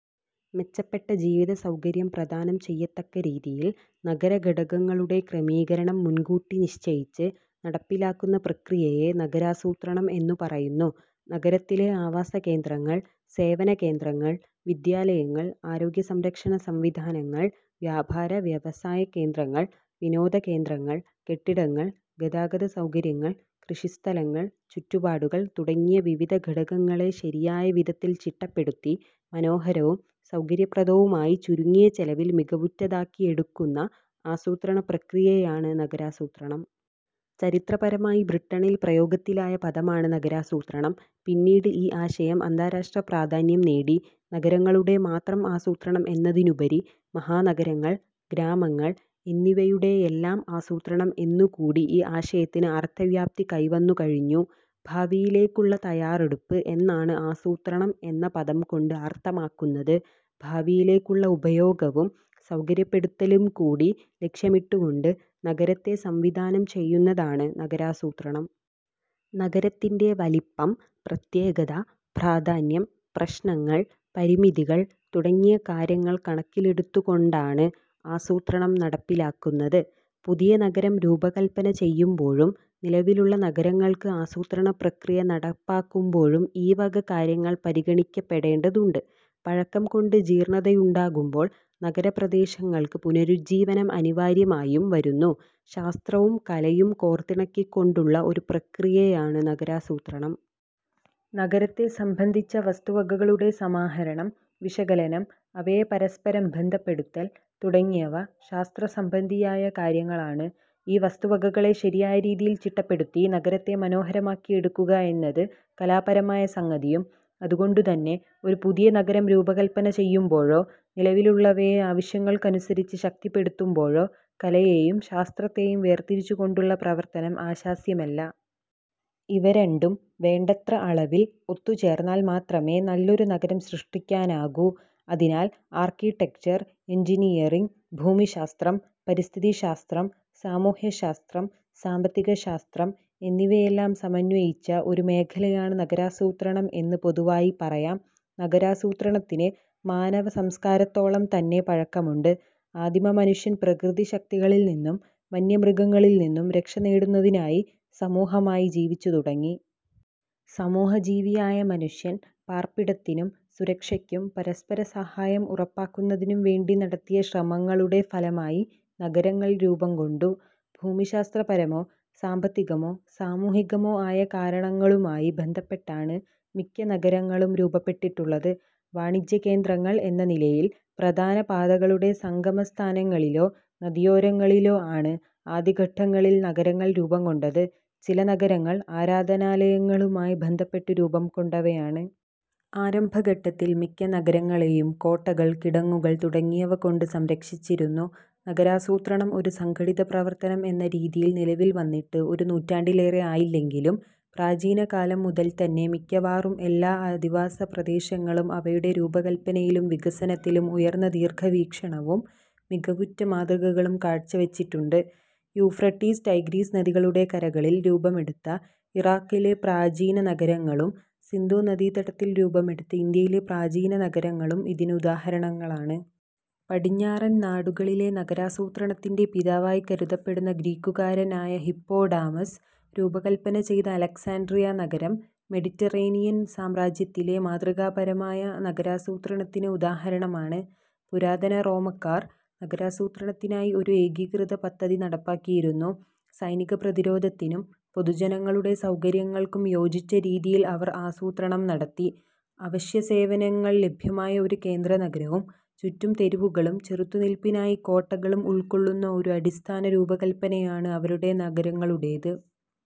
മെച്ചപ്പെട്ട ജീവിതസൗകര്യം പ്രദാനം ചെയ്യത്തക്ക രീതിയിൽ നഗരഘടകങ്ങളുടെ ക്രമീകരണം മുൻകൂട്ടി നിശ്ചയിച്ച് നടപ്പിലാക്കുന്ന പ്രക്രിയയെ നഗരാസൂത്രണം എന്നു പറയുന്നു. നഗരത്തിലെ ആവാസകേന്ദ്രങ്ങൾ, സേവനകേന്ദ്രങ്ങൾ, വിദ്യാലയങ്ങൾ, ആരോഗ്യസംരക്ഷണ സംവിധാനങ്ങൾ, വ്യാപാര-വ്യവസായ കേന്ദ്രങ്ങൾ, വിനോദകേന്ദ്രങ്ങൾ, കെട്ടിടങ്ങൾ, ഗതാഗതസൗകര്യങ്ങൾ, കൃഷിസ്ഥലങ്ങൾ, ചുറ്റുപാടുകൾ തുടങ്ങിയ വിവിധ ഘടകങ്ങളെ ശരിയായ വിധത്തിൽ ചിട്ടപ്പെടുത്തി, മനോഹരവും സൗകര്യപ്രദവുമായി, ചുരുങ്ങിയ ചെലവിൽ മികവുറ്റതാക്കിയെടുക്കുന്ന ആസൂത്രണ പ്രക്രിയയാണ് നഗരാസൂത്രണം. ചരിത്രപരമായി ബ്രിട്ടനിൽ പ്രയോഗത്തിലായ പദമാണ് നഗരാസൂത്രണം. പിന്നീട് ഈ ആശയം അന്താരാഷ്ട്ര പ്രാധാന്യം നേടി. നഗരങ്ങളുടെ മാത്രം ആസൂത്രണം എന്നതിനുപരി മഹാനഗരങ്ങൾ, ഗ്രാമങ്ങൾ എന്നിവയുടെയെല്ലാം ആസൂത്രണം എന്നുകൂടി ഈ ആശയത്തിന് അർഥവ്യാപ്തി കൈവന്നുകഴിഞ്ഞു. ഭാവിയിലേക്കുള്ള തയ്യാറെടുപ്പ് എന്നാണ് ആസൂത്രണം എന്ന പദംകൊണ്ട് അർഥമാക്കുന്നത്. ഭാവിയിലേക്കുള്ള ഉപയോഗവും സൗകര്യപ്പെടുത്തലുംകൂടി ലക്ഷ്യമിട്ടുകൊണ്ട് നഗരത്തെ സംവിധാനം ചെയ്യുന്നതാണ് നഗരാസൂത്രണം. നഗരത്തിന്റെ വലിപ്പം, പ്രത്യേകത, പ്രാധാന്യം, പ്രശ്നങ്ങൾ, പരിമിതികൾ തുടങ്ങിയ കാര്യങ്ങൾ കണക്കിലെടുത്തുകൊണ്ടാണ് ആസൂത്രണം നടപ്പിലാക്കുന്നത്. പുതിയ നഗരം രൂപകല്പന ചെയ്യുമ്പോഴും നിലവിലുള്ള നഗരങ്ങൾക്ക് ആസൂത്രണപ്രക്രിയ നടപ്പാക്കുമ്പോഴും ഈവക കാര്യങ്ങൾ പരിഗണിക്കപ്പെടേണ്ടതുണ്ട്. പഴക്കംകൊണ്ട് ജീർണതയുണ്ടാകുമ്പോൾ നഗരപ്രദേശങ്ങൾക്ക് പുനരുജ്ജീവനം അനിവാര്യമായും വരുന്നു. ശാസ്ത്രവും കലയും കോർത്തിണക്കിക്കൊണ്ടുള്ള ഒരു പ്രക്രിയയാണ് നഗരാസൂത്രണം. നഗരത്തെ സംബന്ധിച്ച വസ്തുവകകളുടെ സമാഹരണം, വിശകലനം, അവയെ പരസ്പരം ബന്ധപ്പെടുത്തൽ തുടങ്ങിയവ ശാസ്ത്രസംബന്ധിയായ കാര്യങ്ങളാണ്. ഈ വസ്തുതകളെ ശരിയായ രീതിയിൽ ചിട്ടപ്പെടുത്തി നഗരത്തെ മനോഹരമാക്കിയെടുക്കുക എന്നത് കലാപരമായ സംഗതിയും. അതുകൊണ്ടുതന്നെ ഒരു പുതിയ നഗരം രൂപകല്പന ചെയ്യുമ്പോഴോ നിലവിലുള്ളവയെ ആവശ്യങ്ങൾക്കനുസരിച്ച് ശക്തിപ്പെടുത്തുമ്പോഴോ കലയെയും ശാസ്ത്രത്തെയും വേർതിരിച്ചുകൊണ്ടുള്ള പ്രവർത്തനം ആശാസ്യമല്ല. ഇവ രണ്ടും വേണ്ടത്ര അളവിൽ ഒത്തുചേർന്നാൽ മാത്രമേ നല്ലൊരു നഗരം സൃഷ്ടിക്കാനാകൂ. അതിനാൽ ആർക്കിടെക്ചർ, എൻജിനീയറിങ്, ഭൂമിശാസ്ത്രം, പരിസ്ഥിതിശാസ്ത്രം, സാമൂഹ്യശാസ്ത്രം, സാമ്പത്തികശാസ്ത്രം എന്നിവയെല്ലാം സമന്വയിച്ച ഒരു മേഖലയാണ് നഗരാസൂത്രണം എന്ന് പൊതുവായി പറയാം. നഗരാസൂത്രണത്തിന് മാനവസംസ്കാരത്തോളംതന്നെ പഴക്കമുണ്ട്. ആദിമമനുഷ്യൻ പ്രകൃതിശക്തികളിൽനിന്നും വന്യമൃഗങ്ങളിൽനിന്നും രക്ഷനേടുന്നതിനായി സമൂഹമായി ജീവിച്ചുതുടങ്ങി. സമൂഹജീവിയായ മനുഷ്യൻ പാർപ്പിടത്തിനും സുരക്ഷയ്ക്കും പരസ്പരസഹായം ഉറപ്പാക്കുന്നതിനും വേണ്ടി നടത്തിയ ശ്രമങ്ങളുടെ ഫലമായി നഗരങ്ങൾ രൂപംകൊണ്ടു. ഭൂമിശാസ്ത്രപരമോ സാമ്പത്തികമോ സാമൂഹികമോ ആയ കാരണങ്ങളുമായി ബന്ധപ്പെട്ടാണ് മിക്ക നഗരങ്ങളും രൂപപ്പെട്ടിട്ടുള്ളത്. വാണിജ്യകേന്ദ്രങ്ങൾ എന്ന നിലയിൽ പ്രധാന പാതകളുടെ സംഗമസ്ഥാനങ്ങളിലോ നദിയോരങ്ങളിലോ ആണ് ആദ്യഘട്ടത്തിൽ നഗരങ്ങൾ രൂപംകൊണ്ടത്. ചില നഗരങ്ങൾ ആരാധനാലയങ്ങളുമായി ബന്ധപ്പെട്ട് രൂപംകൊണ്ടവയാണ്. ആരംഭഘട്ടത്തിൽ മിക്ക നഗരങ്ങളെയും കോട്ടകൾ, കിടങ്ങുകൾ തുടങ്ങിയവകൊണ്ട് സംരക്ഷിച്ചിരുന്നു. നഗരാസൂത്രണം ഒരു സംഘടിത പ്രവർത്തനം എന്ന രീതിയിൽ നിലവിൽവന്നിട്ട് ഒരു നൂറ്റാണ്ടിലേറെ ആയില്ലെങ്കിലും പ്രാചീനകാലം മുതൽതന്നെ മിക്കവാറും എല്ലാ അധിവാസപ്രദേശങ്ങളും അവയുടെ രൂപകല്പനയിലും വികസനത്തിലും ഉയർന്ന ദീർഘവീക്ഷണവും മികവുറ്റ മാതൃകകളും കാഴ്ചവച്ചിട്ടുണ്ട്. യൂഫ്രട്ടീസ്, ടൈഗ്രിസ് നദികളുടെ കരകളിൽ രൂപമെടുത്ത ഇറാഖിലെ പ്രാചീന നഗരങ്ങളും സിന്ധുനദീതടത്തിൽ രൂപമെടുത്ത ഇന്ത്യയിലെ പ്രാചീന നഗരങ്ങളും ഇതിന് ഉദാഹരണങ്ങളാണ്. പടിഞ്ഞാറൻ നാടുകളിലെ നഗരാസൂത്രണത്തിന്റെ പിതാവായി കരുതപ്പെടുന്ന ഗ്രീക്കുകാരനായ ഹിപ്പോഡാമസ് രൂപകല്പനചെയ്ത അലക്സാൻഡ്രിയ നഗരം മെഡിറ്ററേനിയൻ സാമ്രാജ്യത്തിലെ മാതൃകാപരമായ നഗരാസൂത്രണത്തിന് ഉദാഹരണമാണ്. പുരാതന റോമാക്കാർ നഗരാസൂത്രണത്തിനായി ഒരു ഏകീകൃത പദ്ധതി നടപ്പാക്കിയിരുന്നു. സൈനികപ്രതിരോധത്തിനും പൊതുജനങ്ങളുടെ സൗകര്യങ്ങൾക്കും യോജിച്ച രീതിയിൽ അവർ ആസൂത്രണം നടത്തി. അവശ്യസേവനങ്ങൾ ലഭ്യമായ ഒരു കേന്ദ്രനഗരവും ചുറ്റും തെരുവുകളും ചെറുത്തുനില്പിനായി കോട്ടകളും ഉൾക്കൊള്ളുന്ന ഒരു അടിസ്ഥാന രൂപകല്പനയാണ് അവരുടെ നഗരങ്ങളുടേത്.